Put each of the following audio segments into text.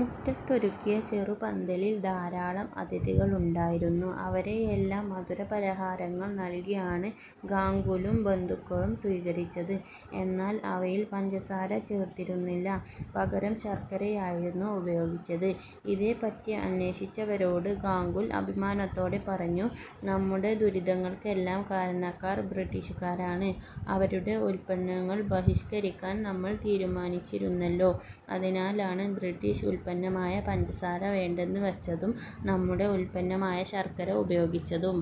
മുറ്റത്തൊരുക്കിയ ചെറുപന്തലിൽ ധാരാളം അതിഥികളുണ്ടായിരുന്നു. അവരെയെല്ലാം മധുരപലഹാരങ്ങൾ നൽകിയാണ് ഗാംഗുലും ബന്ധുക്കളും സ്വീകരിച്ചത്. എന്നാൽ അവയിൽ പഞ്ചസാര ചേർത്തിരുന്നില്ല. പകരം ശർക്കരയായിരുന്നു ഉപയോഗിച്ചത്. ഇതേപ്പറ്റി അന്വേഷിച്ചവരോട് ഗാംഗുൽ അഭിമാനത്തോടെ പറഞ്ഞു: "നമ്മുടെ ദുരിതങ്ങൾക്കെല്ലാം കാരണക്കാർ ബ്രിട്ടീഷുകാരാണ്. അവരുടെ ഉൽപ്പന്നങ്ങൾ ബഹിഷ്കരിക്കാൻ നമ്മൾ തീരുമാനിച്ചിരുന്നല്ലോ. അതിനാലാണ് ബ്രിട്ടീഷ് ഉൽപ്പന്നമായ പഞ്ചസാര വേണ്ടെന്ന് വച്ചതും നമ്മുടെ ഉൽപ്പന്നമായ ശർക്കര ഉപയോഗിച്ചതും.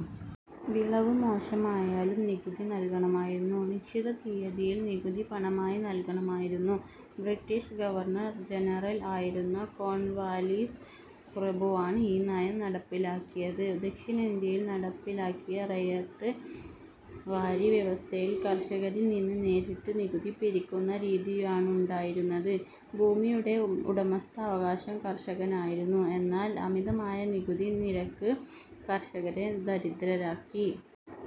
വിളവ് മോശമായാലും നികുതി നൽകണമായിരുന്നു. നിശ്ചിത തീയതിയിൽ നികുതി പണമായി നൽകണമായിരുന്നു. ബ്രിട്ടീഷ് ഗവർണർ ജനറൽ ആയിരുന്ന കോൺവാലീസ് പ്രഭുവാണ് ഈ നയം നടപ്പിലാക്കിയത്. ദക്ഷിണേന്ത്യയിൽ നടപ്പിലാക്കിയ റയട്ട് വാരി വ്യവസ്ഥയിൽ കർഷകരിൽ നിന്ന് നേരിട്ട് നികുതി പിരിക്കുന്ന രീതിയാണുണ്ടായിരുന്നത്. ഭൂമിയുടെ ഉടമസ്ഥാവകാശം കർഷകനായിരുന്നു. എന്നാൽ അമിതമായ നികുതി നിരക്ക് കർഷകരെ ദരിദ്രരാക്കി.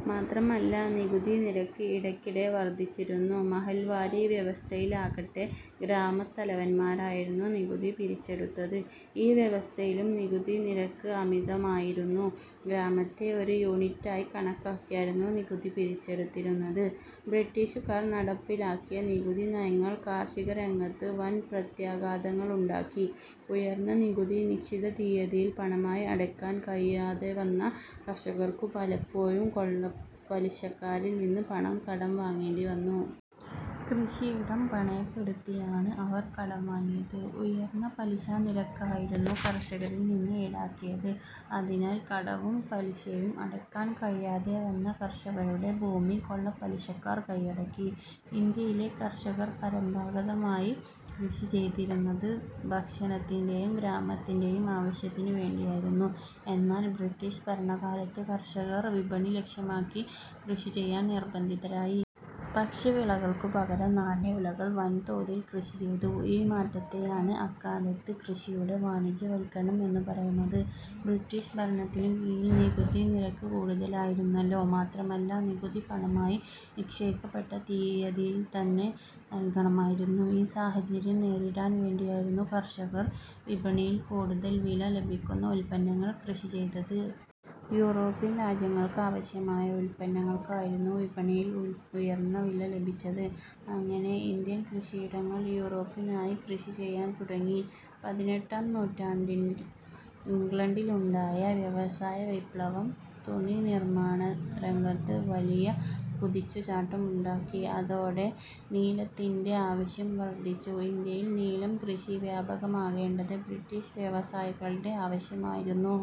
മാത്രമല്ല നികുതിനിരക്ക് ഇടയ്ക്കിടെ വർധിപ്പിച്ചിരുന്നു. മഹൽവാരി വ്യവസ്ഥയിലാകട്ടെ, ഗ്രാമത്തലവന്മാരായിരുന്നു നികുതി പിരിച്ചെടുത്തത്. ഈ വ്യവസ്ഥയിലും നികുതിനിരക്ക് അമിതമായിരുന്നു. ഗ്രാമത്തെ ഒരു യൂണിറ്റായി കണക്കാക്കിയായിരുന്നു നികുതി പിരി ച്ചെടുത്തിരുന്നത്. ബ്രിട്ടീഷുകാർ നടപ്പിലാക്കിയ നികുതി നയങ്ങൾ കാർഷികരംഗത്ത് വൻ പ്രത്യാഘാതങ്ങളുണ്ടാക്കി. ഉയർന്ന നികുതി നിശ്ചിത തീയതിയിൽ പണമായി അടയ്ക്കാൻ കഴിയാതെവന്ന കർഷകർക്കു പലപ്പോഴും കൊള്ളപ്പലിശക്കാരിൽ നിന്ന് പണം കടം വാങ്ങേണ്ടിവന്നു. കൃഷിയിടം പണയപ്പെടുത്തിയാണ് അവർ കടം വാങ്ങിയത്. ഉയർന്ന പലിശനിരക്കായിരുന്നു കർഷകരിൽനിന്ന് ഈടാക്കിയത്. അതിനാൽ കടവും പലിശയും അടയ്ക്കാൻ കഴിയാതെവന്ന കർഷകരുടെ ഭൂമി കൊള്ളപ്പലിശക്കാർ കൈയടക്കി. ഇന്ത്യയിലെ കർഷകർ പരമ്പരാഗതമായി കൃഷിചെയ്തിരുന്നത് ഭക്ഷണത്തിന്റെയും ഗ്രാമത്തിന്റെയും ആവശ്യത്തിനുവേണ്ടിയായിരുന്നു. എന്നാൽ ബ്രിട്ടീഷ് ഭരണകാലത്ത് കർഷകർ വിപണി ലക്ഷ്യമാക്കി കൃഷി ചെയ്യാൻ നിർബന്ധിതരായി. ഭക്ഷ്യവിളകൾക്കു പകരം നാണ്യവിളകൾ വൻതോതിൽ കൃഷിചെയ്തു. ഈ മാറ്റത്തെയാണ് അക്കാലത്ത് കൃഷിയുടെ വാണിജ്യവൽക്കരണം എന്നു പറയുന്നത്. ബ്രിട്ടീഷ് ഭരണത്തിനുകീഴിൽ നികുതി നിരക്ക് കൂടുതലായിരുന്നല്ലോ. മാത്രമല്ല, നികുതി പണമായി, നിശ്ചയിക്കപ്പെട്ട തീയതിയിൽത്തന്നെ നൽകണമായിരുന്നു. ഈ സാഹചര്യം നേരിടാൻ വേണ്ടിയായിരുന്നു കർഷകർ വിപണിയിൽ കൂടുതൽ വില ലഭിക്കുന്ന ഉൽപ്പന്നങ്ങൾ കൃഷിചെയ്തത്. യൂറോപ്യൻ രാജ്യങ്ങൾക്കാവശ്യമായ ഉൽപ്പന്നങ്ങൾക്കായിരുന്നു വിപണിയിൽ ഉയർന്ന വില ലഭിച്ചത്. അങ്ങനെ ഇന്ത്യൻ കൃഷിയിടങ്ങൾ യൂറോപ്പിനായി കൃഷിചെയ്യാൻ തുടങ്ങി. പതിനെട്ടാം നൂറ്റാണ്ടിൽ ഇംഗ്ലണ്ടിലുണ്ടായ വ്യവസായവിപ്ലവം തുണി നിർമാണരംഗത്ത് വലിയ കുതിച്ചുചാട്ടം ഉണ്ടാക്കി. അതോടെ നീലത്തിന്റെ ആവശ്യം വർധിച്ചു. ഇന്ത്യയിൽ നീലം കൃഷി വ്യാപകമാക്കേണ്ടത് ബ്രിട്ടീഷ് വ്യവസായികളുടെ ആവശ്യമായിരുന്നു.